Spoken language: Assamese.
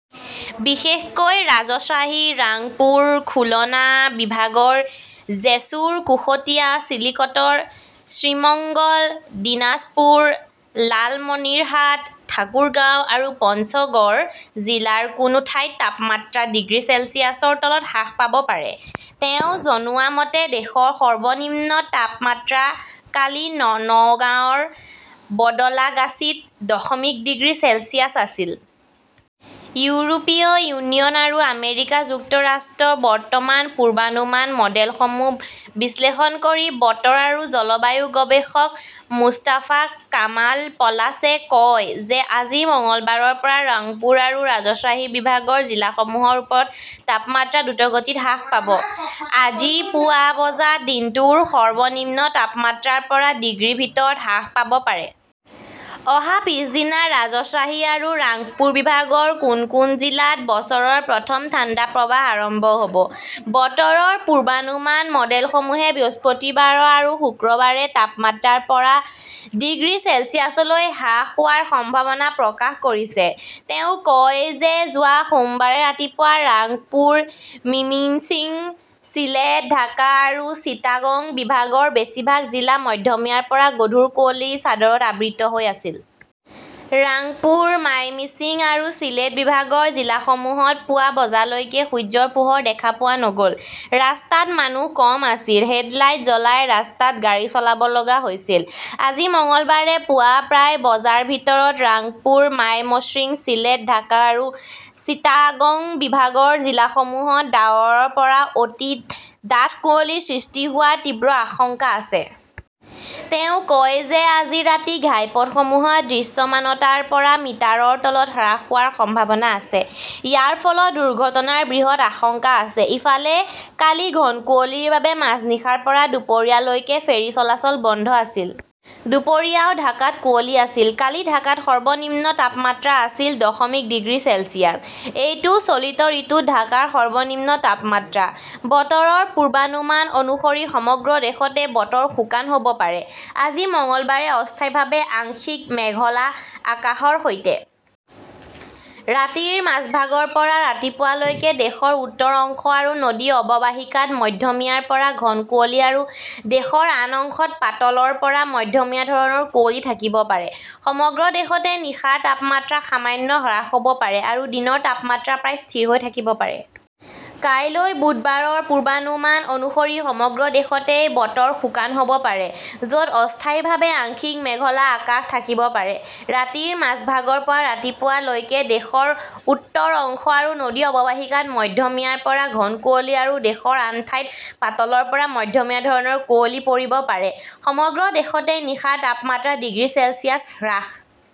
বিশেষকৈ ৰাজশ্বাহী, ৰাংপুৰ, খুলনা বিভাগৰ জেছোৰ, কুশটিয়া, চিলিকটৰ শ্ৰিমঙ্গল, দিনাজপুৰ, লালমনিৰহাট, ঠাকুৰগাঁও আৰু পঞ্চগড় জিলাৰ কোনো ঠাইত তাপমাত্ৰা ডিগ্ৰী চেলছিয়াছৰ তলত হ্ৰাস পাব পাৰে। তেওঁ জনোৱা মতে, দেশৰ সৰ্বনিম্ন তাপমাত্ৰা কালি নওগাঁৰ বদলাগাচীত দশমিক ডিগ্ৰী চেলছিয়াছ আছিল। ইউৰোপীয় ইউনিয়ন আৰু আমেৰিকা যুক্তৰাষ্ট্ৰৰ বতৰ পূৰ্বানুমান মডেলসমূহ বিশ্লেষণ কৰি বতৰ আৰু জলবায়ু গৱেষক মুস্তাফা কামাল পলাছে কয় যে আজি মঙলবাৰৰ পৰা ৰাংপুৰ আৰু ৰাজশ্বাহী বিভাগৰ জিলাসমূহৰ ওপৰত তাপমাত্ৰা দ্ৰুতগতিত হ্ৰাস পাব। আজি পুৱা বজাত দিনটোৰ সৰ্বনিম্ন তাপমাত্ৰা ৰ পৰা ডিগ্ৰীৰ ভিতৰত হ্ৰাস পাব পাৰে। অহা পিছদিনা ৰাজশ্বাহী আৰু ৰাংপুৰ বিভাগৰ কোন কোন জিলাত বছৰৰ প্ৰথম ঠাণ্ডা প্ৰৱাহ আৰম্ভ হ 'ব। বতৰৰ পূৰ্বানুমান মডেলসমূহে বৃহস্পতিবাৰ আৰু শুক্ৰবাৰে তাপমাত্ৰা ৰ পৰা ডিগ্ৰী চেলছিয়াছলৈ হ্ৰাস হোৱাৰ সম্ভাৱনা প্ৰকাশ কৰিছে। তেওঁ কয় যে যোৱা সোমবাৰে ৰাতিপুৱা ৰাংপুৰ, মেমিন্সিং, চিলেট, ঢাকা আৰু চিটাগং বিভাগৰ বেছিভাগ জিলা মধ্যমীয়াৰ পৰা গধুৰ কুঁৱলীৰ চাদৰত আবৃত হৈ আছিল। ৰাংপুৰ, মাইমিংছিং আৰু চিলেট বিভাগৰ জিলাসমূহত পুৱা বজালৈকে সূৰ্যৰ পোহৰ দেখা পোৱা নগ "ল। ৰাস্তাত মানুহ কম আছিল। হেডলাইট জ্বলাই ৰাস্তাত গাড়ী চলাব লগা হৈছিল। আজি মঙলবাৰে পুৱা প্ৰায় বজাৰ ভিতৰত ৰাংপুৰ, মাইমশ্বিং, চিলেট, ঢাকা আৰু চিটাগং বিভাগৰ জিলাসমূহত ডাঠৰ পৰা অতি ডাঠ কুঁৱলীৰ সৃষ্টি হোৱাৰ তীব্ৰ আশংকা আছে। তেওঁ কয় যে আজি ৰাতি ঘাইপথসমূহত দৃশ্যমানতা ৰ পৰা মিটাৰৰ তলত হ্ৰাস হোৱাৰ সম্ভাৱনা আছে। ইয়াৰ ফলত দুৰ্ঘটনাৰ বৃহৎ আশংকা আছে। ইফালে, কালি ঘন কুঁৱলীৰ বাবে মাজনিশাৰ পৰা দুপৰীয়া লৈকে ফেৰী চলাচল বন্ধ আছিল। দুপৰীয়াও ঢাকাত কুঁৱলী আছিল। কালি ঢাকাত সৰ্বনিম্ন তাপমাত্ৰা আছিল দশমিক ডিগ্ৰী চেলছিয়াছ। এইটোও চলিত ঋতুত ঢাকাৰ সৰ্বনিম্ন তাপমাত্ৰা। বতৰৰ পূৰ্বানুমান অনুসৰি, সমগ্ৰ দেশতে বতৰ শুকান হ 'ব পাৰে, আজি মঙলবাৰে অস্থায়ীভাৱে আংশিক মেঘলা আকাশৰ সৈতে। ৰাতিৰ মাজভাগৰ পৰা ৰাতিপুৱা লৈকে দেশৰ উত্তৰ অংশ আৰু নদী অৱবাহিকাত মধ্যমীয়াৰ পৰা ঘন কুঁৱলী আৰু দেশৰ আন অংশত পাতলৰ পৰা মধ্যমীয়া ধৰণৰ কুঁৱলী থাকিব পাৰে। সমগ্ৰ দেশতে নিশাৰ তাপমাত্ৰা সামান্য হ্ৰাস হ "ব পাৰে আৰু দিনৰ তাপমাত্ৰা প্ৰায় স্থিৰ হৈ থাকিব পাৰে। কাইলৈ বুধবাৰৰ পূৰ্বানুমান অনুসৰি সমগ্ৰ দেশতে বতৰ শুকান হ "ব পাৰে, য" ত অস্থায়ীভাৱে আংশিক মেঘলা আকাশ থাকিব পাৰে। ৰাতিৰ মাজভাগৰ পৰা ৰাতিপুৱা লৈকে দেশৰ উত্তৰ অংশ আৰু নদী অৱবাহিকাত মধ্যমীয়াৰ পৰা ঘন কুঁৱলী আৰু দেশৰ আন ঠাইত পাতলৰ পৰা মধ্যমীয়া ধৰণৰ কুঁৱলী পৰিব পাৰে। সমগ্ৰ দেশতে নিশাৰ তাপমাত্ৰা ডিগ্ৰী চেলছিয়াছ হ্ৰাস